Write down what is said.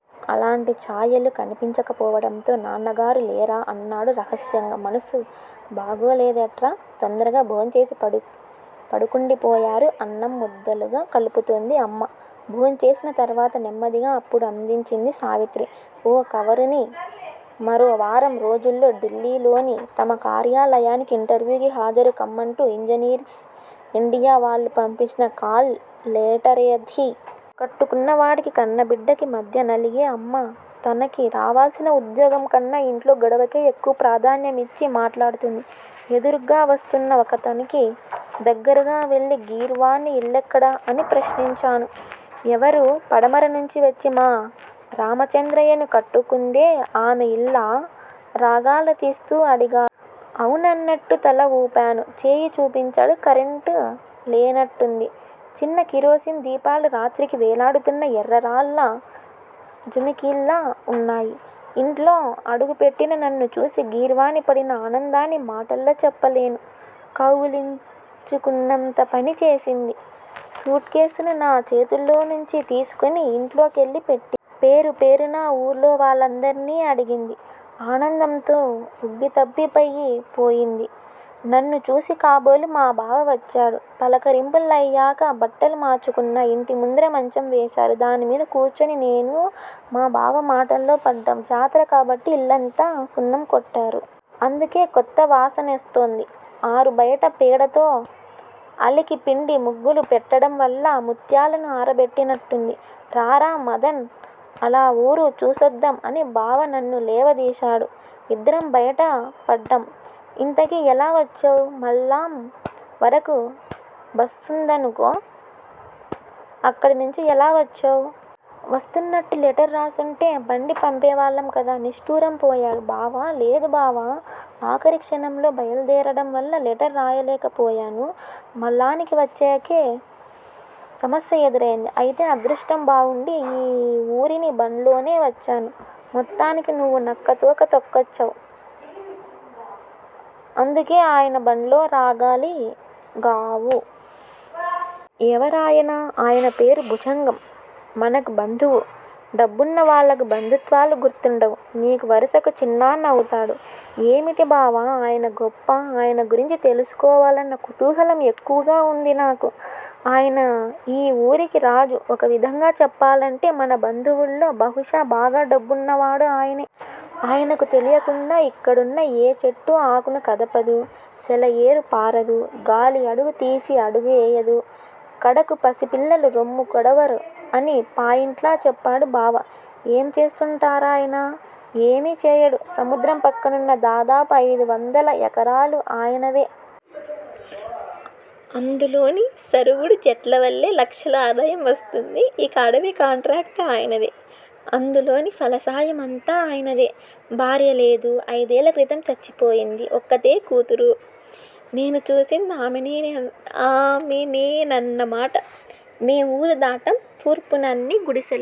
అలాంటి ఛాయలు కనిపించకపోవడంతో నాన్నగారూ లేరా? అన్నాడు రహస్యంగా. మనసు బాగోలేదట్రా! తొందరగా భోంచేసి పడుకుండిపోయారు అన్నం ముద్దలుగా కలుపుతుంది అమ్మ. భోంచేసిన తర్వాత నెమ్మదిగా అప్పుడు అదించింది సావిత్రి ఓ కవరుని. మరో వారం రోజుల్లో డిల్లీ లోని తమ కార్యాలయానికి ఇంటర్వ్యూకి హాజరు కమ్మంటు ఇంజనీర్స్ ఇండియా వాళ్ళు పంపించిన కాల్ లేటరధి. కట్టుకున్నవాడికి, కన్నబిడ్డకి మధ్య నలిగే అమ్మ తనకి రావాల్సిన ఉద్యోగం కన్నా ఇంట్లో గొడవకే ఎక్కువ ప్రాధాన్యతనిచ్చి మాట్లాడుతుంది. ఎదురుగ్గా వస్తున్న ఒకతనికి దగ్గరగా వెళ్ళి గీర్వాణీ ఇల్లెక్కడ? అని ప్రశ్నించాను. ఎవరూ? పడమర నుంచి వచ్చి మా రామచంద్రయ్యను కట్టుకుందే ఆమె ఇల్లా? రాగాలు తీస్తూ అడిగాడు. అవునన్నట్టు తల వూపాను. చేయి చూపించాడు. కరెంట్ లేనట్టుంది. చిన్న కిరోసిన్ దీపాలు రాత్రికి వేలాడుతున్న ఎర్ర రాళ్ళ జుమికీల్లా వున్నాయి. ఇంట్లో అడుగుపెట్టిన నన్ను చూసి గీర్వాణి పడిన ఆనందాన్ని మాటల్లో చెప్పలేను. కౌగిలించుకున్నంత పని చేసింది. సూట్కేసును నా చేతుల్లోంచి తీసుకుని ఇంట్లో కెళ్ళి పెట్టింది. పేరు పేరునా ఊర్లో వాళ్ళందర్నీ అడిగింది. ఆనందంతో ఉబ్బితబ్బిబ్బయి పోయింది. నన్ను చూసి కాబోలు మా బావ వచ్చాడు. పలకరింపులయ్యాక బట్టలు మార్చుకున్నా. ఇంటి ముందర మంచం వేశారు. దానిమీద కూర్చుని నేనూ, మా బావ మాటల్లో పడ్డాం. జాతర కాబట్టి ఇల్లంతా సున్నం కొట్టారు. అందుకే కొత్త వాసనేస్తోంది. ఆరు బయట పేడతో అలికి పిండి ముగ్గులు పెట్టడంవల్ల ముత్యాలను ఆరబెట్టినట్టుంది. రారా మదన్! అలా వూరు చూసొద్దాం అని బావ నన్ను లేవదీశాడు. ఇద్దరం బయట పడ్డాం. ఇంతకీ ఎలా వచ్చావ్? మల్లాం వరకు బస్సుందనుకో. అక్కడి నుంచి ఎలా వచ్చావ్? వస్తున్నట్టు లెటర్ రాసుంటే బండి పంపేవాళ్ళం కదా నిష్ఠూరం పోయాడు బావ. లేదు బావా! ఆఖరి క్షణంలో బయల్దేరడం వల్ల లెటర్ రాయలేకపోయాను. మల్లానికి వచ్చాకే సమస్య ఎదురైంది. అయితే అదృష్టం బావుండి ఈ ఊరి బండ్లోనే వచ్చాను. మొత్తానికి నువ్వు నక్కతోక తొక్కచ్చావ్. అందుకే ఆయన బండ్లో రాగలిగావు. ఎవరాయన? ఆయన పేరు భుజంగం. మనకు బంధువు. డబ్బున్న వాళ్ళకు బంధుత్వాలు గుర్తుండవు. నీకు వరసకు చిన్నాన్న అవుతాడు. ఏమిటి బావా ఆయన గొప్ప? ఆయన గురించి తెలుసుకోవాలన్న కుతూహలం ఎక్కువగా వుంది నాకు. ఆయన ఈ ఊరికి రాజు. ఒక విధంగా చెప్పాలంటే మన బంధువుల్లో బహుశా బాగా డబ్బున్నవాడు ఆయనే. ఆయనకు తెలియకుండా ఇక్కడున్న ఏ చెట్టూ ఆకును కదపదు. సెలయేరు పారదు. గాలి అడుగు తీసి అడుగేయదు. కడకు పసిపిల్లలు రొమ్ము కుడవరు అని పాయింటల్ గా చెప్పాడు బావ. ఏం చేస్తుంటారాయన? ఏమీ చేయడు. సముద్రం పక్కనున్న దాదాపు అయిదు వందల ఎకరాలు ఆయనవే. అందులోని సరుగుడు చెట్ల వల్లే లక్షల ఆదాయం వస్తుంది. ఇక అడవి కాంట్రాక్టు ఆయనదే. అందులోని ఫలసాయం అంతా ఆయనదే. భార్యలేదు. అయిదేళ్ళ క్రితం చచ్చిపోయింది. ఒక్కతే కూతురు. నేను చూసింది ఆమెనేనన్నమాట. మేం ఊరు దాటాం. తూర్పున అన్నీ గుడిసెలే.